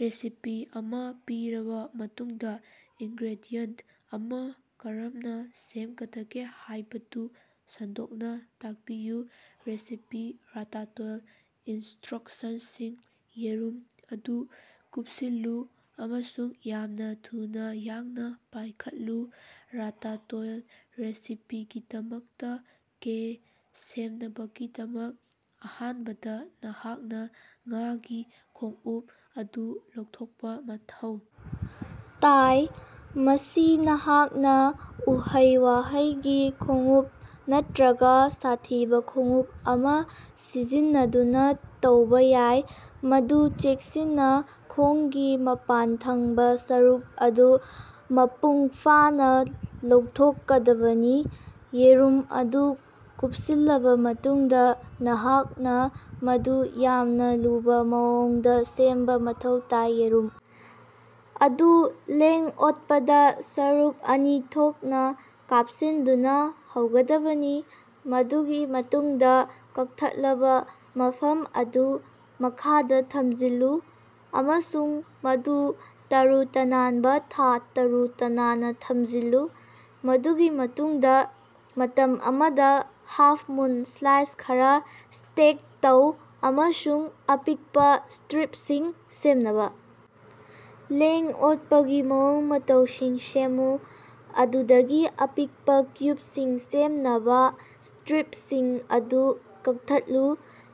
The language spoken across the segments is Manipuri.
ꯔꯦꯁꯤꯄꯤ ꯑꯃ ꯄꯤꯔꯕ ꯃꯇꯨꯡꯗ, ꯏꯉ꯭ꯔꯦꯗꯤꯌꯦꯟꯠ ꯑꯃ ꯀꯔꯝꯅ ꯁꯦꯝꯒꯗꯒꯦ ꯍꯥꯏꯕꯗꯨ ꯁꯟꯗꯣꯛꯅ ꯇꯥꯛꯄꯤꯌꯨ꯫ ꯔꯦꯁꯤꯄꯤ ꯔꯥꯇꯥꯇꯣꯏꯜ ꯏꯟꯁꯇ꯭ꯔꯛꯁꯟꯁꯤꯡ ꯌꯦꯔꯨꯝ ꯑꯗꯨ ꯀꯨꯄꯁꯤꯜꯂꯨ ꯑꯃꯁꯨꯡ ꯌꯥꯝꯅ ꯊꯨꯅꯥ ꯌꯥꯡꯅ ꯄꯥꯏꯈꯠꯂꯨ꯫ ꯔꯥꯇꯥꯇꯣꯏꯜ ꯔꯦꯁꯤꯄꯤꯒꯤꯗꯃꯛꯇ ꯀꯦ ꯁꯦꯝꯅꯕꯒꯤꯗꯃꯛ, ꯑꯍꯥꯟꯕꯗ ꯅꯍꯥꯛꯅ ꯉꯥꯒꯤ ꯈꯣꯡꯎꯞ ꯑꯗꯨ ꯂꯧꯊꯣꯛꯄ ꯃꯊꯧ ꯇꯥꯏ꯫ ꯃꯁꯤ ꯅꯍꯥꯛꯅ ꯎꯍꯩ-ꯋꯥꯍꯩꯒꯤ ꯈꯣꯡꯎꯞ ꯅꯠꯇꯔꯒꯥ ꯁꯥꯊꯤꯕ ꯈꯣꯡꯎꯞ ꯑꯃ ꯁꯤꯖꯤꯟꯅꯗꯨꯅ ꯇꯧꯕ ꯌꯥꯏ, ꯃꯗꯨ ꯆꯦꯛꯁꯤꯟꯅ ꯈꯣꯡꯒꯤ ꯃꯄꯥꯟꯊꯪꯕꯥ ꯁꯔꯨꯛ ꯑꯗꯨ ꯃꯄꯨꯡꯐꯥꯅ ꯂꯧꯊꯣꯛꯀꯗꯕꯅꯤ꯫ ꯌꯦꯔꯨꯝ ꯑꯗꯨ ꯀꯨꯄꯁꯤꯜꯂꯕ ꯃꯇꯨꯡꯗ, ꯅꯍꯥꯛꯅ ꯃꯗꯨ ꯌꯥꯝꯅ ꯂꯨꯕ ꯃꯑꯣꯡꯗ ꯁꯦꯝꯕ ꯃꯊꯧ ꯇꯥꯏ꯫ ꯌꯦꯔꯨꯝ ꯑꯗꯨ ꯂꯦꯡ-ꯑꯣꯠꯄꯗꯥ ꯁꯔꯨꯛ ꯑꯅꯤ ꯊꯣꯛꯅ ꯀꯥꯞꯁꯤꯟꯗꯨꯅ ꯍꯧꯒꯗꯕꯅꯤ, ꯃꯗꯨꯒꯤ ꯃꯇꯨꯡꯗ ꯀꯛꯊꯠꯂꯕ ꯃꯐꯝ ꯑꯗꯨ ꯃꯈꯥꯗ ꯊꯝꯖꯤꯜꯂꯨ ꯑꯃꯁꯨꯡ ꯃꯗꯨ ꯇꯥꯔꯨ-ꯇꯅꯥꯟꯕꯥ ꯊꯥ ꯇꯔꯨ-ꯇꯅꯥꯟꯅꯥ ꯊꯝꯖꯤꯜꯂꯨ꯫ ꯃꯗꯨꯒꯤ ꯃꯇꯨꯡꯗ, ꯃꯇꯝ ꯑꯃꯗ ꯍꯥꯐ-ꯃꯨꯟ ꯁ꯭ꯂꯥꯏꯁ ꯈꯔ ꯁ꯭ꯇꯦꯛ ꯇꯧ ꯑꯃꯁꯨꯡ ꯑꯄꯤꯛꯄ ꯁ꯭ꯇꯔꯤꯄꯁꯤꯡ ꯁꯦꯝꯅꯕ ꯂꯦꯡ-ꯑꯣꯠꯄꯒꯤ ꯃꯑꯣꯡ-ꯃꯇꯧꯁꯤꯡ ꯁꯦꯝꯃꯨ꯫ ꯑꯗꯨꯗꯒꯤ ꯑꯄꯤꯛꯄ ꯀ꯭꯭ꯌꯨꯕꯁꯤꯡ ꯁꯦꯝꯅꯕꯥ ꯁ꯭ꯇꯔꯤꯞꯁꯤꯡ ꯑꯗꯨ ꯀꯛꯊꯠꯂꯨ꯫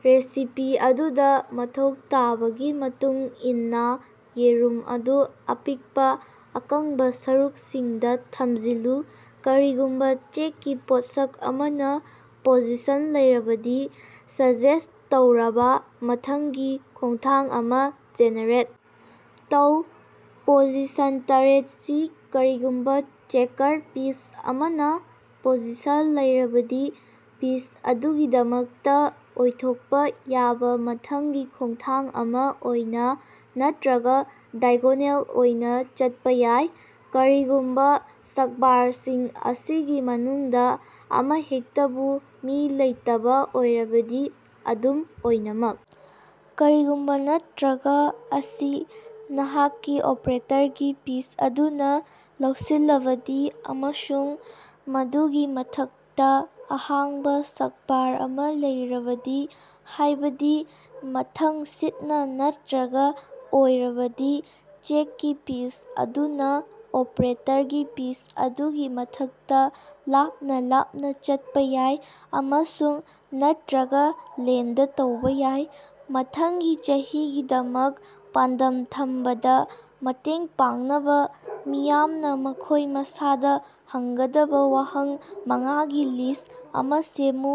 ꯔꯦꯁꯤꯄꯤ ꯑꯗꯨꯗ ꯃꯊꯧ ꯇꯥꯕꯒꯤ ꯃꯇꯨꯡꯏꯟꯅꯥ, ꯌꯦꯔꯨꯝ ꯑꯗꯨ ꯑꯄꯤꯛꯄ, ꯑꯀꯪꯕ ꯁꯔꯨꯛꯁꯤꯡꯗ ꯊꯝꯖꯤꯜꯂꯨ꯫ ꯀꯔꯤꯒꯨꯝꯕ ꯆꯦꯛꯀꯤ ꯄꯣꯠꯁꯛ ꯑꯃꯅ ꯄꯣꯖꯤꯁꯟ ꯂꯩꯔꯕꯗꯤ ꯁꯖꯦꯁ꯭ꯠ ꯇꯧꯔꯕꯥ ꯃꯊꯪꯒꯤ ꯈꯣꯡꯊꯥꯡ ꯑꯃꯥ ꯖꯦꯅꯦꯔꯦꯠ ꯇꯧ꯫ ꯄꯣꯖꯤꯁꯟ ꯇꯔꯦꯠ ꯁꯤ ꯀꯔꯤꯒꯨꯝꯕ ꯆꯦꯀꯔ ꯄꯤꯁ ꯑꯃꯅ ꯄꯣꯖꯤꯁꯟ ꯂꯩꯔꯕꯗꯤ, ꯄꯤꯁ ꯑꯗꯨꯒꯤꯗꯃꯛꯇ ꯑꯣꯏꯊꯣꯛꯄ ꯌꯥꯕꯥ ꯃꯊꯪꯒꯤ ꯈꯣꯡꯊꯥꯡ ꯑꯃ ꯑꯣꯏꯅꯥ ꯅꯠꯇꯔꯒ ꯗꯥꯏꯒꯣꯅꯦꯜ ꯑꯣꯏꯅ ꯆꯠꯄ ꯌꯥꯏ, ꯀꯔꯤꯒꯨꯝꯕ ꯁ꯭ꯛꯕꯥꯔꯁꯤꯡ ꯑꯁꯤꯒꯤ ꯃꯅꯨꯡꯗ ꯑꯃꯍꯦꯛꯇꯕꯨ ꯃꯤ ꯂꯩꯇꯕꯥ ꯑꯣꯏꯔꯕꯗꯤ꯫ ꯑꯗꯨꯝ ꯑꯣꯏꯅꯃꯛ, ꯀꯔꯤꯒꯨꯝꯕꯥ ꯅꯠꯇꯔꯒ ꯑꯁꯤ ꯅꯍꯥꯛꯀꯤ ꯑꯣꯄ꯭ꯔꯦꯇꯔꯒꯤ ꯄꯤꯁ ꯑꯗꯨꯅꯥ ꯂꯧꯁꯤꯜꯂꯕꯗꯤ, ꯑꯃꯁꯨꯡ ꯃꯗꯨꯒꯤ ꯃꯊꯛꯇꯥ ꯑꯍꯥꯡꯕ ꯁ꯭ꯛꯕꯥꯔ ꯑꯃ ꯂꯩꯔꯕꯗꯤ, ꯍꯥꯏꯕꯗꯤ ꯃꯊꯪꯁꯤꯠꯅ ꯅꯠꯇꯔꯒ ꯑꯣꯏꯔꯕꯗꯤ, ꯆꯦꯛꯀꯤ ꯄꯤꯁ ꯑꯗꯨꯅ ꯑꯣꯄ꯭ꯔꯦꯇꯔꯒꯤ ꯄꯤꯁ ꯑꯗꯨꯒꯤ ꯃꯊꯛꯇ ꯂꯥꯞꯅ ꯂꯥꯞꯅ ꯆꯠꯄ ꯌꯥꯏ, ꯑꯃꯁꯨꯡ ꯅꯠꯇꯔꯒ ꯂꯦꯟꯗ ꯇꯧꯕ ꯌꯥꯏ꯫ ꯃꯊꯪꯒꯤ ꯆꯍꯤꯒꯤꯗꯃꯛ ꯄꯥꯟꯗꯝ ꯊꯝꯕꯗꯥ ꯃꯇꯦꯡ ꯄꯥꯡꯅꯕ ꯃꯤꯌꯥꯝꯅ ꯃꯈꯣꯏ ꯃꯁꯥꯗ ꯍꯪꯒꯗꯕ ꯋꯥꯍꯪ ꯃꯉꯥꯒꯤ ꯂꯤꯁ꯭ꯠ ꯑꯃ ꯁꯦꯝꯃꯨ꯫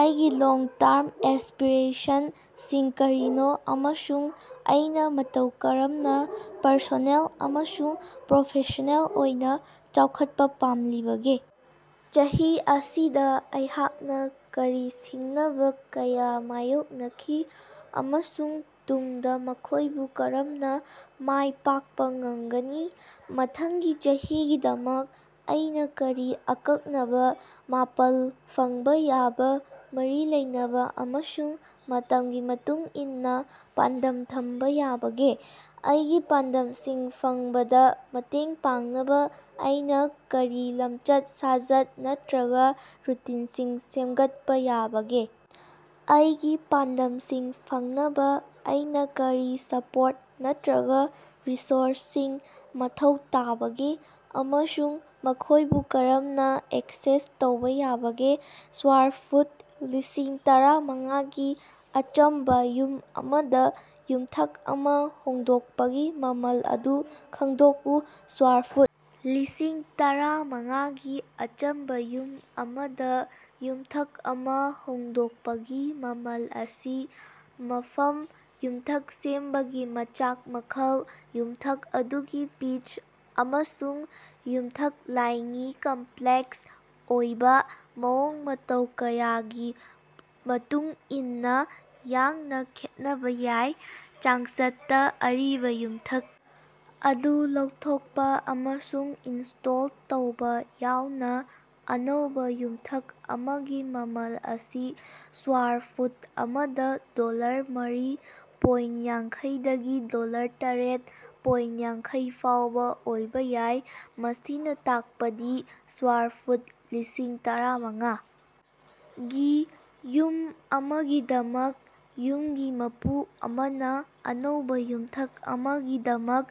ꯑꯩꯒꯤ ꯂꯣꯡ ꯇꯥꯔ꯭ꯝ ꯑꯦꯁ꯭ꯄꯤꯔꯦꯁꯟ ꯁꯤꯡ ꯀꯔꯤꯅꯣ ꯑꯃꯁꯨꯡ ꯑꯩꯅ ꯃꯇꯧ ꯀꯔꯝꯅ ꯄ꯭ꯔꯁꯣꯅꯦꯜ ꯑꯃꯁꯨꯡ ꯄ꯭꯭ꯔꯣꯐꯦꯁ꯭ꯅꯦꯜ ꯑꯣꯏꯅ ꯆꯥꯎꯈꯠꯄ ꯄꯥꯝꯂꯤꯕꯒꯦ? ꯆꯍꯤ ꯑꯁꯤꯗ ꯑꯩꯍꯥꯛꯅ ꯀꯔꯤ ꯁꯤꯡꯅꯕ ꯀꯌꯥ ꯃꯥꯌꯣꯛꯅꯈꯤ ꯑꯃꯁꯨꯡ ꯇꯨꯡꯗ ꯃꯈꯣꯏꯕꯨ ꯀꯔꯝꯅ ꯃꯥꯏ ꯄꯥꯛꯄ ꯉꯝꯒꯅꯤ? ꯃꯊꯪꯒꯤ ꯆꯍꯤꯒꯤꯗꯃꯛ ꯑꯩꯅ ꯀꯔꯤ ꯑꯀꯛꯅꯕ, ꯃꯥꯄꯜ, ꯐꯪꯕꯥ ꯌꯥꯕꯥ, ꯃꯔꯤ ꯂꯩꯅꯕ ꯑꯃꯁꯨꯡ ꯃꯇꯝꯒꯤ ꯃꯇꯨꯡ ꯏꯟꯅ ꯄꯥꯟꯗꯝ ꯊꯝꯕ ꯌꯥꯕꯒꯦ? ꯑꯩꯒꯤ ꯄꯥꯟꯗꯝꯁꯤꯡ ꯐꯪꯕꯗ ꯃꯇꯦꯡ ꯄꯥꯡꯅꯕ ꯑꯩꯅ ꯀꯔꯤ ꯂꯝꯆꯠ-ꯁꯥꯖꯠ ꯅꯠꯇꯔꯒ ꯔꯨꯇꯤꯟꯁꯤꯡ ꯁꯦꯝꯒꯠꯄꯥ ꯌꯥꯕꯒꯦ? ꯑꯩꯒꯤ ꯄꯥꯟꯗꯝꯁꯤꯡ ꯐꯪꯅꯕ ꯑꯩꯅ ꯀꯔꯤ ꯁ꯭ꯄꯣꯔꯠ ꯅꯠꯇꯔꯒ ꯔꯤꯁꯣꯔꯁ ꯁꯤꯡ ꯃꯊꯧ ꯇꯥꯕꯒꯦ ꯑꯃꯁꯨꯡ ꯃꯈꯣꯏꯕꯨ ꯀꯔꯝꯅ ꯑꯦꯛꯁꯦꯁ ꯇꯧꯕ ꯌꯥꯕꯒꯦ? ꯁ꯭ꯋꯥꯔ ꯐꯨꯠ ꯂꯤꯁꯤꯡ ꯇꯥꯔꯥ ꯃꯉꯥꯒꯤ ꯑꯆꯝꯕꯥ ꯌꯨꯝ ꯑꯃꯗ ꯌꯨꯝꯊꯛ ꯑꯃ ꯍꯣꯡꯗꯣꯛꯄꯒꯤ ꯃꯃꯜ ꯑꯗꯨ ꯈꯪꯗꯣꯛꯎ꯫ ꯁ꯭ꯋꯥꯔ ꯐꯨꯠ ꯂꯤꯁꯤꯡ ꯇꯥꯔꯥ ꯃꯉꯥꯒꯤ ꯑꯆꯝꯕ ꯌꯨꯝ ꯑꯃꯗ ꯌꯨꯝꯊꯛ ꯑꯃ ꯍꯣꯡꯗꯣꯛꯄꯒꯤ ꯃꯃꯜ ꯑꯁꯤ ꯃꯐꯝ, ꯌꯨꯝꯊꯛ ꯁꯦꯝꯕꯒꯤ ꯃꯆꯥꯛ ꯃꯈꯜ, ꯌꯨꯝꯊꯛ ꯑꯗꯨꯒꯤ ꯄꯤꯆ, ꯑꯃꯁꯨꯡ ꯌꯨꯝꯊꯛ ꯂꯥꯏꯉꯤ ꯀꯝꯄ꯭ꯂꯦꯛꯁ ꯑꯣꯏꯕꯥ ꯃꯑꯣꯡ-ꯃꯇꯧ ꯀꯌꯥꯒꯤ ꯃꯇꯨꯡꯏꯟꯅꯥ ꯌꯥꯡꯅ ꯈꯦꯠꯅꯕ ꯌꯥꯏ꯫ ꯆꯥꯡꯆꯠꯇ, ꯑꯔꯤꯕ ꯌꯨꯝꯊꯛ ꯑꯗꯨ ꯂꯧꯊꯣꯛꯄ ꯑꯃꯁꯨꯡ ꯏꯟꯁꯇꯣꯜ ꯇꯧꯕ ꯌꯥꯎꯅ ꯑꯅꯧꯕ ꯌꯨꯝꯊꯛ ꯑꯃꯒꯤ ꯃꯃꯜ ꯑꯁꯤ ꯁ꯭ꯋꯥꯔ ꯐꯨꯠ ꯑꯃꯗ ꯗꯣꯂꯔ ꯃꯔꯤ ꯄꯣꯏꯟ ꯌꯥꯡꯈꯩ ꯗꯒꯤ ꯗꯣꯂꯔ ꯇꯔꯦꯠ ꯄꯣꯏꯟ ꯌꯥꯡꯈꯩ ꯐꯥꯎꯕ ꯑꯣꯏꯕ ꯌꯥꯏ꯫ ꯃꯁꯤꯅ ꯇꯥꯛꯄꯗꯤ ꯁ꯭ꯋꯥꯔ ꯐꯨꯠ ꯂꯤꯁꯤꯡ ꯇꯥꯔꯥ ꯃꯉꯥ ꯒꯤ ꯌꯨꯝ ꯑꯃꯒꯤꯗꯃꯛ, ꯌꯨꯝꯒꯤ ꯃꯄꯨ ꯑꯃꯅ ꯑꯅꯧꯕꯥ ꯌꯨꯝꯊꯛ ꯑꯃꯒꯤꯗꯃꯛ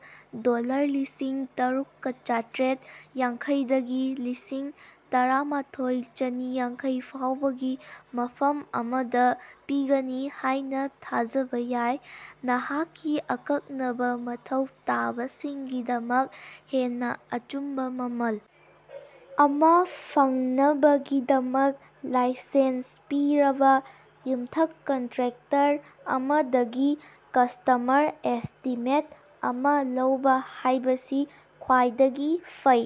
ꯗꯣꯂꯔ ꯂꯤꯁꯤꯡ ꯇꯔꯨꯛꯀꯥ ꯆꯥꯇ꯭꯭ꯔꯦꯠ ꯌꯥꯡꯈꯩꯗꯒꯤ ꯂꯤꯁꯤꯡ ꯇꯥꯔꯥ ꯃꯥꯊꯣꯏ ꯆꯥꯅꯤ ꯌꯥꯡꯈꯩ ꯐꯥꯎꯕꯒꯤ ꯃꯐꯝ ꯑꯃꯗ ꯄꯤꯒꯅꯤ ꯍꯥꯏꯅ ꯊꯥꯖꯕꯥ ꯌꯥꯏ꯫ ꯅꯍꯥꯛꯀꯤ ꯑꯀꯛꯅꯕꯥ ꯃꯊꯧ ꯇꯥꯕꯁꯤꯡꯒꯤꯗꯃꯛ ꯍꯦꯟꯅꯥ ꯑꯆꯨꯝꯕꯥ ꯃꯃꯜ ꯑꯃꯥ ꯐꯪꯅꯕꯒꯤꯗꯃꯛ ꯂꯥꯏꯁꯦꯟꯁ ꯄꯤꯔꯕꯥ ꯌꯨꯝꯊꯛ ꯀꯟꯇ꯭ꯔꯦꯛꯇꯔ ꯑꯃꯗꯒꯤ ꯀꯁ꯭ꯇꯃꯔ ꯑꯦꯁ꯭ꯇꯤꯃꯦꯠ ꯑꯃ ꯂꯧꯕ ꯍꯥꯏꯕꯁꯤ ꯈ꯭ꯋꯥꯏꯗꯒꯤ ꯐꯩ꯫